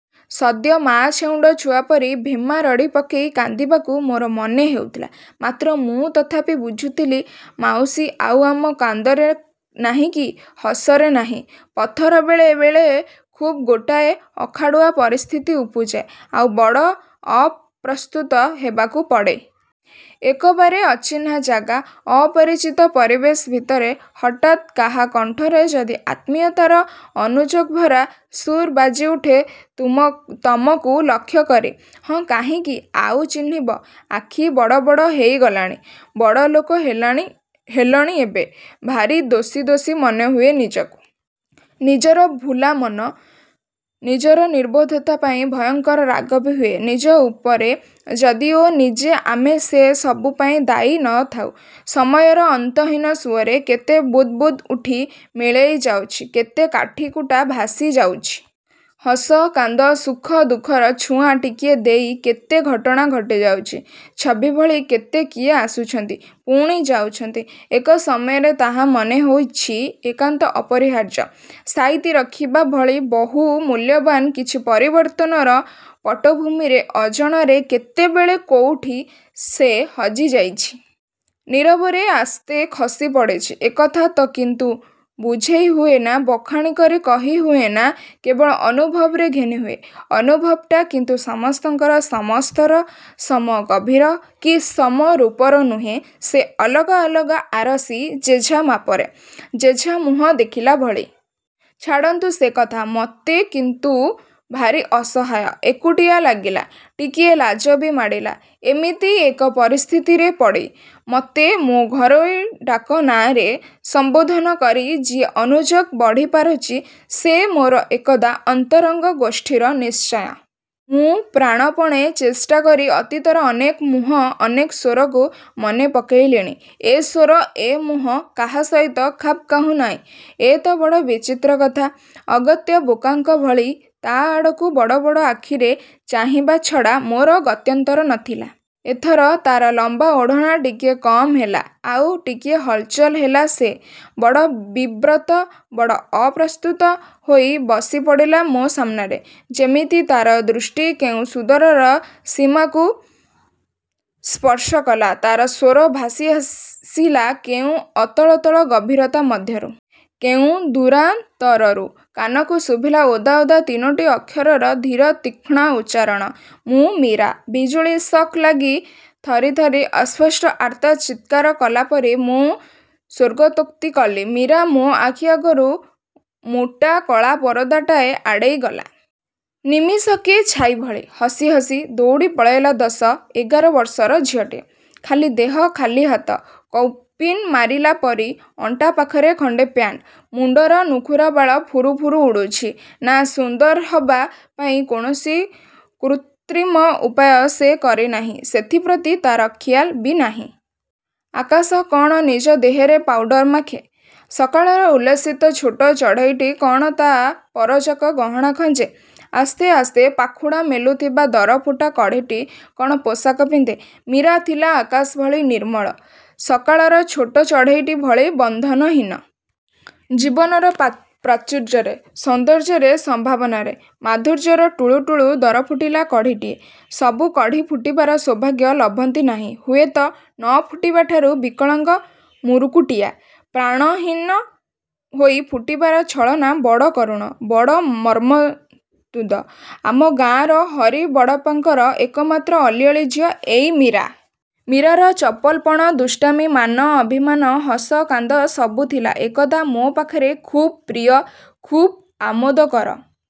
ସଦ୍ୟ ମା' ଛେଉଣ୍ଡ ଛୁଆ ପରି–ଭେମା ରଡ଼ି ପକେଇ କାନ୍ଦିବାକୁ ମୋର ମନ ହେଉଥିଲା। ମାତ୍ର, ମୁଁ ତଥାପି ବୁଝୁଥିଲି, ମାଉସୀ ଆଉ ଆମ କାନ୍ଦରେ ନାହିଁକି ହସରେ ନାହିଁ। ପଥର ବେଳେ ବେଳେ ଖୁବ୍ ଗୋଟାଏ ଅଖାଡ଼ୁଆ ପରିସ୍ଥିତି ଉପୁଜେ। ଆଉ ବଡ଼ ଅପ୍ରସ୍ତୁତ ହେବାକୁ ପଡ଼େ। ଏକବାରେ ଅଚିହ୍ନା ଯାଗା, ଅପରିଚିତ ପରିବେଶ ଭିତରେ ହଠାତ୍ କାହା କଣ୍ଠରେ ଯଦି ଅତ୍ମୀୟତାର ଅନୁଯୋଗଭରା ସୁର୍ ବାଜି ଉଠେ ତମକୁ ଲକ୍ଷ୍ୟ କରି। ''ହଁ କାହିଁକି ଆଉ ଚିହ୍ନିବ? ଆଖି ବଡ଼ ବଡ଼ ହେଇ ଗଲାଣି, ବଡ଼ ଲୋକ ହେଲଣି ଏବେ। '' ଭାରି ଦୋଷୀ ଦୋଷୀ ମନେହୁଏ ନିଜକୁ। ନିଜର ଭୂଲା ମନ, ନିଜର ନିର୍ବୋଧତା ପାଇଁ ଭୟଙ୍କର ରାଗ ବି ହୁଏ ନିଜ ଉପରେ ଯଦିଓ ନିଜେ ଆମେ ସେ ସବୁପାଇଁ ଦାୟୀ ନ ଥାଉ। ସମୟର ଅନ୍ତହୀନ ସୁଅରେ କେତେ ବୁଦ୍ ବୁଦ୍ ଉଠି ମିଳେଇ ଯାଉଛି। କେତେ କାଠି କୁଟା ଭାସି ଯାଉଛି। ହସ, କାନ୍ଦ, ସୁଖ, ଦୁଃଖର ଛୁଆଁ ଟିକିଏ ଦେଇ କେତେ ଘଟଣା ଘଟିଯାଉଛି। ଛବିଭଳି କେତେ କିଏ ଆସୁଛନ୍ତି, ପୁଣି ଯାଉଛନ୍ତି। ଏକ ସମୟରେ ତାହା ମନେ ହୋଇଛି ଏକାନ୍ତ ଅପରିହାର୍ଯ୍ୟ। ସାଇତି ରଖିବା ଭଳି ବହୁ ମୂଲ୍ୟବାନ କିଛି ପରିବର୍ତ୍ତନର ପଟ୍ଟ ଭୂମିରେ, ଅଜଣାରେ କେତେବେଳେ କୋଉଠି ସେ ହଜି ଯାଇଛି। ନୀରବରେ ଆସ୍ତେ ଖସି ପଡ଼ିଚି। ଏକଥା ତ କିନ୍ତୁ ବୁଝେଇ ହୁଏନା ବଖାଣି କରି କହି ହୁଏନାଁ କେବଳ ଅନୁଭବରେ ଘେନି ହୁଏ। ଅନୁଭବଟା କିନ୍ତୁ ସମସ୍ତଙ୍କର–ସମ-ସ୍ତର, ସମ-ଗଭୀର କି ସମ-ରୂପର ନୁହେଁ। ସେ ଅଲଗା ଅଲଗା ଆରସି, ଯେଝା ମାପରେ, ଯେଝା ମୁହଁ ଦେଖିଲା ଭଳି। ଛାଡ଼ନ୍ତୁ ସେକଥା ମତେ କିନ୍ତୁ ଭାରି ଅସହାୟ, ଏକୁଟିଆ ଲାଗିଲା। ଟିକିଏ ଲାଜ ବି ମାଡ଼ିଲା ଏମିତି ଏକ ପରିସ୍ଥିତିରେ ପଡ଼ି। ମତେ ମୋ ଘରୋଇ ଡାକ ନାଁ'ରେ ସମ୍ବୋଧନ କରି ଯିଏ ଅନୁଯୋଗ ବଢ଼ି ପାରୁଚି ସେ ମୋର ଏକଦା ଅନ୍ତରଙ୍ଗ ଗୋଷ୍ଠୀର ନିଶ୍ଚୟ। ମୁଁ ପ୍ରାଣପଣେ ଚେଷ୍ଟା କରି, ଅତୀତର ଅନେକ ମୁହଁ, ଅନେକ ସ୍ୱରକୁ ମନେ ପକେଇଲିଣି। ଏ ସ୍ୱର, ଏ ମୁହଁ, କାହା ସହିତ ଖାପ୍ ଖାଉ ନାହିଁ। ୟେତ ବଡ଼ ବିଚିତ୍ର କଥା! ଅଗତ୍ୟା ବୋକାଙ୍କ ଭଳି ତା' ଆଡ଼କୁ ବଡ଼ ବଡ଼ ଆଖିରେ ଚାହିଁବା ଛଡ଼ା ମୋର ଗତ୍ୟନ୍ତର ନଥିଲା। ଏଥର ତା'ର ଲମ୍ବା ଓଢ଼ଣା ଟିକିଏ କମ୍ ହେଲା। ଆଉ ଟିକିଏ ହଲଚଲ ହେଲା ସେ। ବଡ଼ ବିବ୍ରତ, ବଡ଼ ଅପ୍ରସ୍ତୁତ ହୋଇ ବସି ପଡ଼ିଲା ମୋ ସାମ୍ନାରେ। ଯେମିତି ତା'ର ଦୃଷ୍ଟି କେଉଁ ସୁଦୂରର ସୀମାକୁ ସ୍ପର୍ଶ କଲା। ତା'ର ସ୍ୱର ଭାସି ଆସିଲା କେଉଁ ଅତଳତଳ ଗଭୀରତା ମଧ୍ୟରୁ। କେଉଁ ଦୂରାନ୍ତରରୁ। କାନକୁ ଶୁଭିଲା ଓଦା ଓଦା ତିନୋଟି ଅକ୍ଷରର ଧୀର ତୀକ୍ଷ୍ଣ ଉଚ୍ଚାରଣ... ମୁଁ ମୀରା। ବିଜୁଳି ସକ୍ ଲାଗି ଥରି ଥରି ଅସ୍ପଷ୍ଟ ଆର୍ତ୍ତ ଚିତ୍କାର କଲାପରି ମୁଁ ସ୍ୱର୍ଗତୋକ୍ତି କଲି... ''ମୀରା '' ମୋ ଆଖି ଆଗରୁ ମୋଟା କଳା ପରଦାଟାଏ ଆଡ଼େଇ ଗଲା। ନିମିଷକେ ଛାଇଭଳି, ହସି ହସି, ଦୌଡ଼ି ପଳେଇଲା ଦଶ, ଏଗାର ବର୍ଷର ଝିଅଟିଏ। ଖାଲି ଦେହ, ଖାଲି ହାତ, କୌପିନ ମାରିଲା ପରି, ଅଣ୍ଟା ପାଖରେ ଖଣ୍ଡେ ପ୍ୟାଣ୍ଟ। ମୁଣ୍ଡର ନୁଖୁରା ବାଳ ଫୁରୁ ଫୁରୁ ଉଡ଼ୁଚି। ନାଁ, ସୁନ୍ଦର ହବା ପାଇଁ କୌଣସି କୃତ୍ରିମ ଉପାୟ ସେ କରି ନାହିଁ, ସେଥିପ୍ରତି ତା'ର ଖିୟାଲ ବି ନାହିଁ। ଆକାଶ କ'ଣ ନିଜ ଦେହରେ ପାଉଡ଼ର ମାଖେ? ସକାଳର ଉଲ୍ଲସିତ ଛୋଟ ଚଢ଼େଇଟି କ'ଣ ତା' ପରଯାକ ଗହଣା ଖଞ୍ଜେ? ଆସ୍ତେ ଆସ୍ତେ ପାଖୁଡ଼ା ମେଲୁଥିବା ଦରଫୁଟା କଢ଼ିଟି କ'ଣ ପୋଷାକ ପିନ୍ଧେ? ମୀରା ଥିଲା ଆକାଶ ଭଳି ନିର୍ମଳ। ସକାଳର ଛୋଟ ଚଢ଼େଇଟି ଭଳି ବନ୍ଧନହୀନ। ଜୀବନର ପ୍ରାଚୁର୍ଯ୍ୟରେ, ସୌନ୍ଦର୍ଯ୍ୟରେ ସମ୍ଭାବନାରେ, ମାଧୁର୍ଯ୍ୟରେ ଟୁଳୁ ଟୁଳୁ ଦରଫୁଟିଲା କଢ଼ିଟିଏ। ସବୁ କଢ଼ି ଫୁଟିବାର ସୌଭାଗ୍ୟ ଲଭନ୍ତି ନାହିଁ ହୁଏତ। ନଫୁଟିବା ଠାରୁ ବିକଳାଙ୍ଗ ମୁରୁକୁଟିଆ, ପ୍ରାଣହୀନ ହୋଇ ଫୁଟିବାର ଛଳନା ବଡ଼ କରୁଣ, ବଡ଼ ମର୍ମନ୍ତୁଦ। ଆମ ଗାଁର ହରି ବଡ଼'ପାଙ୍କର ଏକମାତ୍ର ଅଲିଅଳି ଝିଅ ଏଇ ମୀରା। ମୀରାର ଚପଲ ପଣ, ଦୁଷ୍ଟାମୀ, ମାନ, ଅଭିମାନ, ହସ କାନ୍ଦ ସବୁ ଥିଲା ଏକଦା ମୋ ପାଖରେ ଖୁବ୍ ପ୍ରିୟ, ଖୁବ୍ ଆମୋଦକର।